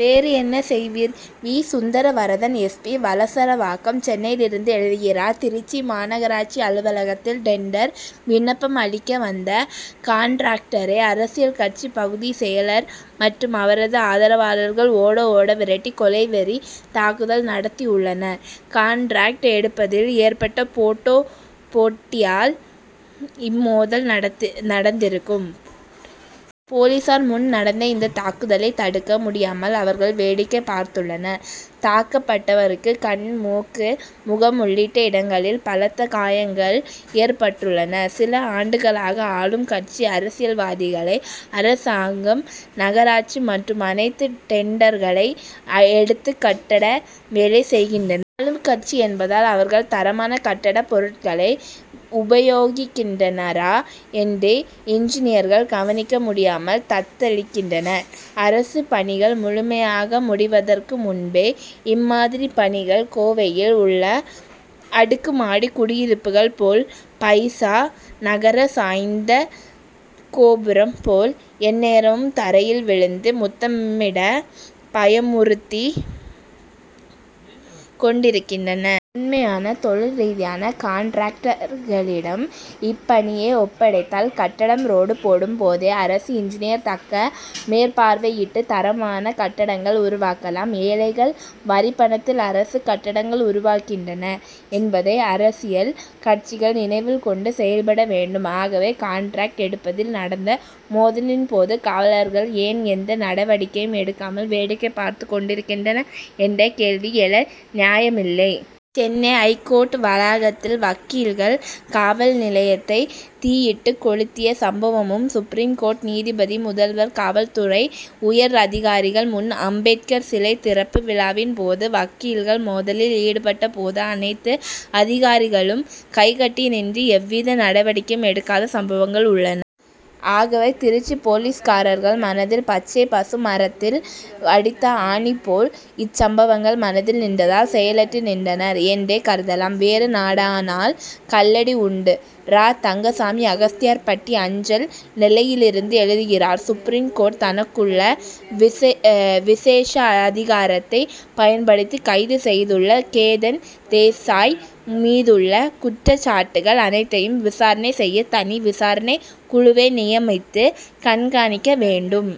வேறு என்ன செய்வர்? V. Sundaravaradan S. P. Valasaravakkam சென்னையிலிருந்து எழுதுகிறார் திருச்சி மாநகராட்சி அலுவலகத்தில் டெண்டர் விண்ணப்பம் அளிக்க வந்த கான்ட்ராக்டரை அரசியல் கட்சி பகுதி செயலர் மற்றும் அவரது ஆதரவாளர்கள் ஓட ஓட விரட்டி கொலைவெறி தாக்குதல் நடத்தியுள்ளனர். கான்ட்ராக்ட் எடுப்பதில் ஏற்பட்ட போட்டா போட்டியால் இம்மோதல் நடந்திருக்கும். போலீசார் முன் நடந்த இந்த தாக்குதலை தடுக்க முடியாமல் அவர்கள் வேடிக்கை பார்த்துள்ளனர். தாக்கப்பட்டவருக்கு கண் மூக்கு முகம் உள்ளிட்ட இடங்களில் பலத்த காயங்கள் ஏற்பட்டுள்ளன. சில ஆண்டுகளாக ஆளும் கட்சி அரசியல்வாதிகளே அரசாங்கம் நகராட்சி மற்றும் அனைத்து டெண்டர்களை எடுத்து கட்டட வேலை செய்கின்றனர். ஆளும் கட்சி என்பதால் அவர்கள் தரமான கட்டட பொருட்களை உபயோகிக்கின்றனரா என்று இன்ஜினியர்கள் கவனிக்க முடியாமல் தத்தளிக்கின்றனர். அரசு பணிகள் முழுமையாக முடிவதற்கு முன்பே இம்மாதிரிப் பணிகள் கோவையில் உள்ள அடுக்கு மாடி குடியிருப்புகள் போல் பைசா நகர சாய்ந்த கோபுரம் போல் எந்நேரமும் தரையில் விழுந்து முத்தமிட பயமுறுத்திக் கொண்டிருக்கின்றன. உண்மையான தொழில் ரீதியான கான்ட்ராக்டர்களிடம் இப்பணியை ஒப்படைத்தால் கட்டடம் ரோடு போடும் போதே அரசு இன்ஜினியர் தக்க மேற்பார்வையிட்டு தரமான கட்டடங்கள் உருவாக்கலாம். ஏழைகள் வரிப்பணத்தில் அரசு கட்டடங்கள் உருவாகின்றன என்பதை அரசியல் கட்சிகள் நினைவில் கொண்டு செயல்பட வேண்டும். ஆகவே கான்ட்ராக்ட் எடுப்பதில் நடந்த மோதலின் போது காவலர்கள் ஏன் எந்த நடவடிக்கையும் எடுக்காமல் வேடிக்கை பார்த்துக் கொண்டிருக்கின்றனர் என்ற கேள்வி எழ நியாயமில்லை. சென்னை ஐகோர்ட் வளாகத்தில் வக்கீல்கள் காவல் நிலையத்தை தீயிட்டு கொளுத்திய சம்பவமும் சுப்ரீம் கோர்ட் நீதிபதி முதல்வர் காவல்துறை உயர் அதிகாரிகள் முன் அம்பேத்கர் சிலை திறப்பு விழாவின் போது வக்கீல்கள் மோதலில் ஈடுபட்ட போது அனைத்து அதிகாரிகளும் கைகட்டி நின்று எவ்வித நடவடிக்கையும் எடுக்காத சம்பவங்கள் உள்ளன. ஆகவே திருச்சி போலீஸ்காரர்கள் மனதில் பச்சை பசு மரத்தில் அடித்த ஆணி போல் இச்சம்பவங்கள் மனதில் நின்றதால் செயலற்று நின்றனர் என்றே கருதலாம். வேறு நாடானால் கல்லடி உண்டு! ரா. தங்கசாமி அகஸ்தியர் பட்டி அஞ்சல் நெல்லையிலிருந்து எழுதுகிறார் சுப்ரீம் கோர்ட் தனக்குள்ள விசேஷ அதிகாரத்தை பயன்படுத்தி கைது செய்துள்ள கேதன் தேசாய் மீதுள்ள குற்றச் சாட்டுகள் அனைத்தையும் விசாரணை செய்ய தனி விசாரணைக் குழுவை நியமித்து கண்காணிக்க வேண்டும்.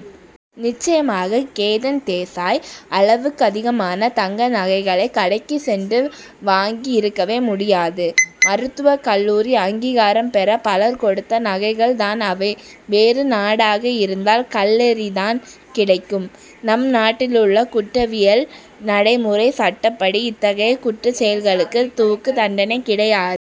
நிச்சயமாக கேதன் தேசாய் அளவுக்கதிகமான தங்க நகைகளை கடைக்கு சென்று வாங்கி இருக்கவே முடியாது. மருத்துவக் கல்லூரி அங்கீகாரம் பெற பலர் கொடுத்த நகைகள் தான் அவை. வேறு நாடாக இருந்தால் கல்லெறிதான் கிடைக்கும். நம் நாட்டிலுள்ள குற்றவியல் நடைமுறைச் சட்டப்படி இத்தகைய குற்றச் செயல்களுக்கு தூக்கு தண்டனை கிடையாது.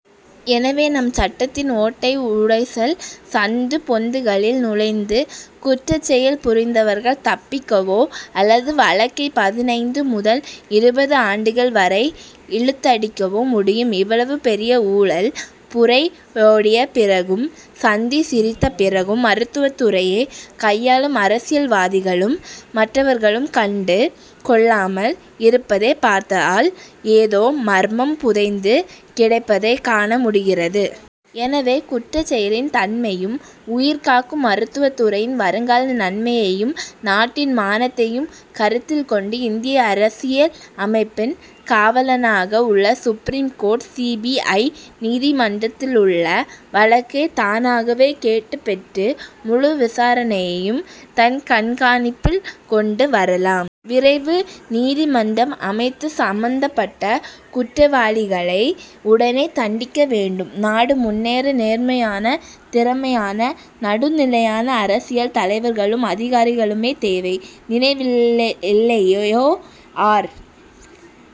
எனவே நம் சட்டத்தின் ஓட்டை உடைசல் சந்து பொந்துகளில் நுழைந்து குற்றச்செயல் புரிந்தவர்கள் தப்பிக்கவோ அல்லது வழக்கை பதினைந்து முதல் இருபது ஆண்டுகள் வரை இழுத்தடிக்கவோ முடியும். இவ்வளவு பெரிய ஊழல் புரையோடிய பிறகும் சந்தி சிரித்த பிறகும் மருத்துவத்துறையை கையாளும் அரசியல்வாதிகளும் மற்றவர்களும் கண்டு கொள்ளாமல் இருப்பதை பார்த்தால் ஏதோ மர்மம் புதைந்து கிடப்பதை காண முடிகிறது. எனவே குற்றச் செயலின் தன்மையும் உயிர் காக்கும் மருத்துவத்துறையின் வருங்கால நன்மையையும் நாட்டின் மானத்தையும் கருத்தில் கொண்டு இந்திய அரசியலமைப்பின் காவலனாக உள்ள supreme court C. B. I. நீதிமன்றத்திலுள்ள வழக்கை தானாகவே கேட்டுப் பெற்று முழு விசாரணையையும் தன் கண்காணிப்பில் கொண்டு வரலாம். விரைவு நீதிமன்றம் அமைத்து சம்பந்தப்பட்ட குற்றவாளிகளை உடனே தண்டிக்க வேண்டும். நாடு முன்னேற நேர்மையான திறமையான நடுநிலையான அரசியல் தலைவர்களும் அதிகாரிகளுமே தேவை. நினைவில்லையோ? ஆர்.